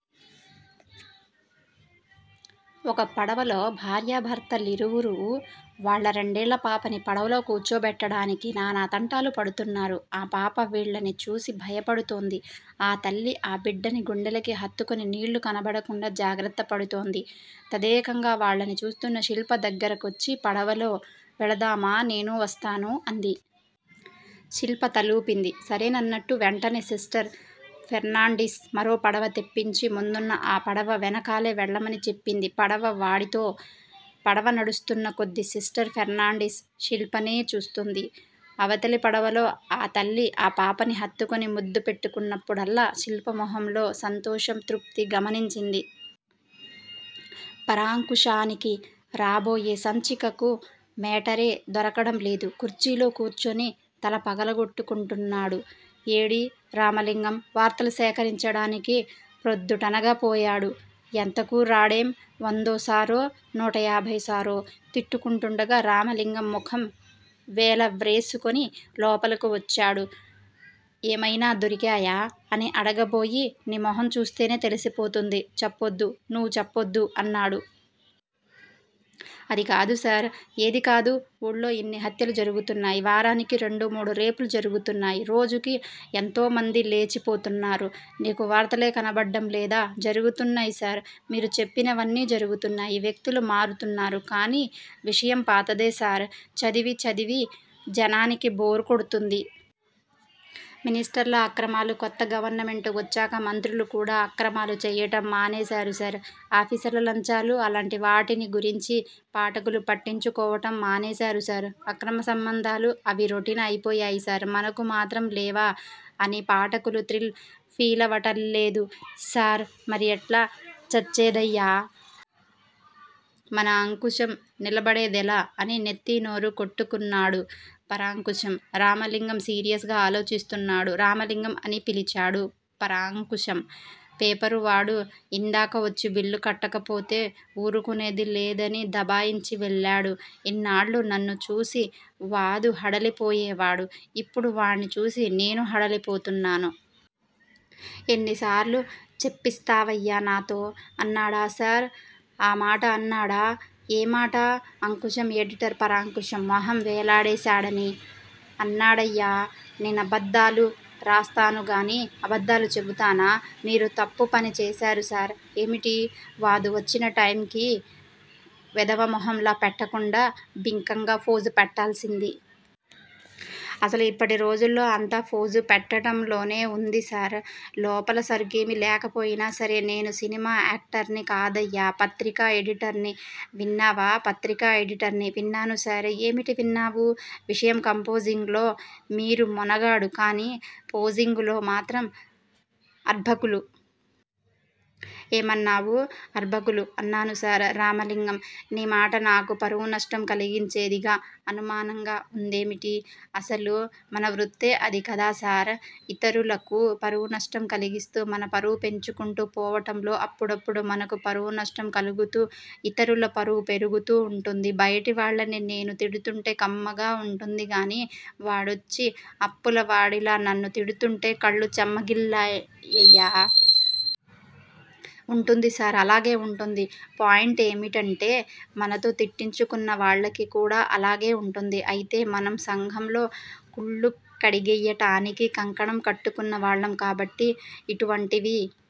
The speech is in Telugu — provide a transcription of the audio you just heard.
ఒక పడవలో భార్యాభర్తలిరువురూ, వాళ్ళ రెండేళ్ళపాపని పడవలో కూర్చోబెట్టడానికి, నానా తంటాలు పడుతున్నారు. ఆ పాప వీళ్ళని చూసి భయపడుతోంది. ఆ తల్లి ఆ బిడ్డని గుండెలకి హత్తుకుని నీళ్ళు కనబడకుండా జాగ్రత్త పడుతోంది. తదేకంగా వాళ్ళని చూస్తున్న శిల్ప దగ్గరకొచ్చి, 'పడవలో వెళదామా నేనూ వస్తాను' అంది. శిల్ప తలూపింది సరేనన్నట్టు. వెంటనే సిస్టర్ ఫెర్నాండిస్ మరో పడవ తెప్పించి ముందున్న ఆ పడవ వెనకాలే వెళ్ళమని చెప్పింది పడవ వాడితో. పడవ నడుస్తున్న కొద్దీ సిస్టర్ ఫెర్నాండిస్ శిల్పనే చూస్తోంది. అవతలి పడవలో ఆ తల్లి ఆ పాపని హత్తుకుని ముద్దు పెట్టుకున్నప్పుడల్లా, శిల్ప మొహంలో సంతోషం, తృప్తి గమనించింది. పరాంకుశానికి రాబోయే సంచికకు మేటరే దొరకడంలేదు. కుర్చీలో కూర్చుని తల పగలకొట్టుకుంటున్నాడు. 'ఏడీ రామలింగం! వార్తలు సేకరించటానికి ప్రొద్దుటనగా పోయాడు. ఎంతకూ రాడేం? ' వందోసారో, నూటయాభయ్యోసారో తిట్టుకుంటుండగా రామలింగం ముఖం వేలవ్రేసుకుని లోపలకు వచ్చాడు. ఏమయినా దొరికాయా? అని అడగబోయి నీ మొహంచూస్తేనే తెలిసిపోతుంది చెప్పొద్దు, నువ్వు చెప్పొద్దు అన్నాడు. అదికాదు సర్ ఏదికాదు? ఊళ్ళో ఇన్ని హత్యలు జరుగుతున్నాయి, వారానికి రెండు మూడు రేప్ లు జరుగుతున్నాయి! రోజుకు యెంతోమంది లేచిపోతున్నారు, నీకు వార్తలే కనబడ్డం లేదా? జరుగుతున్నాయి సార్! మీరు చెప్పినవన్నీ జరుగుతున్నాయి. వ్యక్తులు మారుతున్నారు కాని, విషయం పాతదే సార్! చదివీ చదివి జనానికి బోర్ కొడుతుంది. మినిష్టర్ల అక్రమాలు కొత్త గవర్నమెంటు వచ్చాక మంత్రులుకూడా అక్రమాలు చెయ్యటం మానేశారు సర్! ఆఫీసర్ల లంచాలు? అలాంటివాటిని గురించి పాఠకులు పట్టించుకోవటం మానేశారు సార్! అక్రమ సంబంధాలు? అవి రొటీన్ అయిపోయాయి సార్! మనకు మాత్రం లేవా అని పాఠకులు థ్రిల్ ఫీలవటల్లేదు సార్ మరి ఎట్లా చచ్చేదయ్యా? మన అంకుశం నిలబడేదెలా? అని నెత్తీ నోరు కొట్టుకున్నాడు పరాంకుశం. రామలింగం సీరియస్ గా ఆలోచిస్తున్నాడు. రామలింగం అని పిలిచాడు పరాంకుశం. పేపరువాడు యిందాక వచ్చి బిల్లు కట్టకపోతే ఊరుకునేది లేదని దబాయించి వెళ్ళాడు. ఇన్నాళ్ళూ నన్ను చూసి వాదు హడలిపోయేవాడు. ఇప్పుడు వాడ్నిచూసి నేను హడలిపోతున్నాను. ఎన్నిసార్లు చెప్పిస్తావయ్యా నాతో? అన్నాడా సార్? ఆ మాట అన్నాడా? ఏ మాట? అంకుశం ఎడిటర్ పరాంకుశం మొహం వేలాడేశాడని. అన్నాడయ్యా! నేనబద్దాలు రాస్తానుగానీ, అబద్దాలు చెబుతానా? మీరు తప్పుపని చేశారు సార్ ఏమిటి? వాదు వచ్చిన టైంకి వెధవమొహంలా పెట్టకుండా బింకంగా ఫోజు పెట్టాల్సింది. అసలు యిప్పటిరోజుల్లో అంతా ఫోజు పెట్టటంలోనే వుంది సార్! లోపల సరుకేమీ లేకపోయినా సరే నేను సినిమా యాక్టర్ని కాదయ్యా! పత్రికా ఎడిటర్ని విన్నావా? పత్రికా ఎడిటర్ని. విన్నాను సార్! ఏమిటి విన్నావు? విషయం కంపోజింగ్ లో మీరు మొనగాడు కాని పోజింగులో మాత్రం అర్భకులు. ఏమన్నావు? అర్భకులు అన్నాను సార్. రామలింగం! నీమాట నాకు పరువునష్టం కలిగించేదిగా అనుమానంగా వుందేమిటి? అసలు మనవృత్తే అదికదా సార్! ఇతరులకు పరువు నష్టం కలిగిస్తూ మన పరువు పెంచుకుంటూ పోవటంలో, అప్పుడప్పుడు మనకు పరువునష్టం కలుగుతూ యితరుల పరువు పెరుగుతూ వుంటుంది. బయటివాళ్ళని నేను తిడుతుంటే కమ్మగా వుంటుందిగానీ, వాడొచ్చి అప్పులవాడిలా నన్ను తిడుతుంటే కళ్ళు చెమ్మగిల్లాయయ్యా. ఉంటుంది సార్! అలాగే వుంటుంది. పాయింటేమిటంటే మనతో తిట్టించుకున్నవాళ్ళకి కూడా అలాగే వుంటుంది. అయితే మనం సంఘంలో కుళ్ళు కడిగెయ్యటానికి కంకణం కట్టుకున్నవాళ్ళం కాబట్టి యిటువంటివి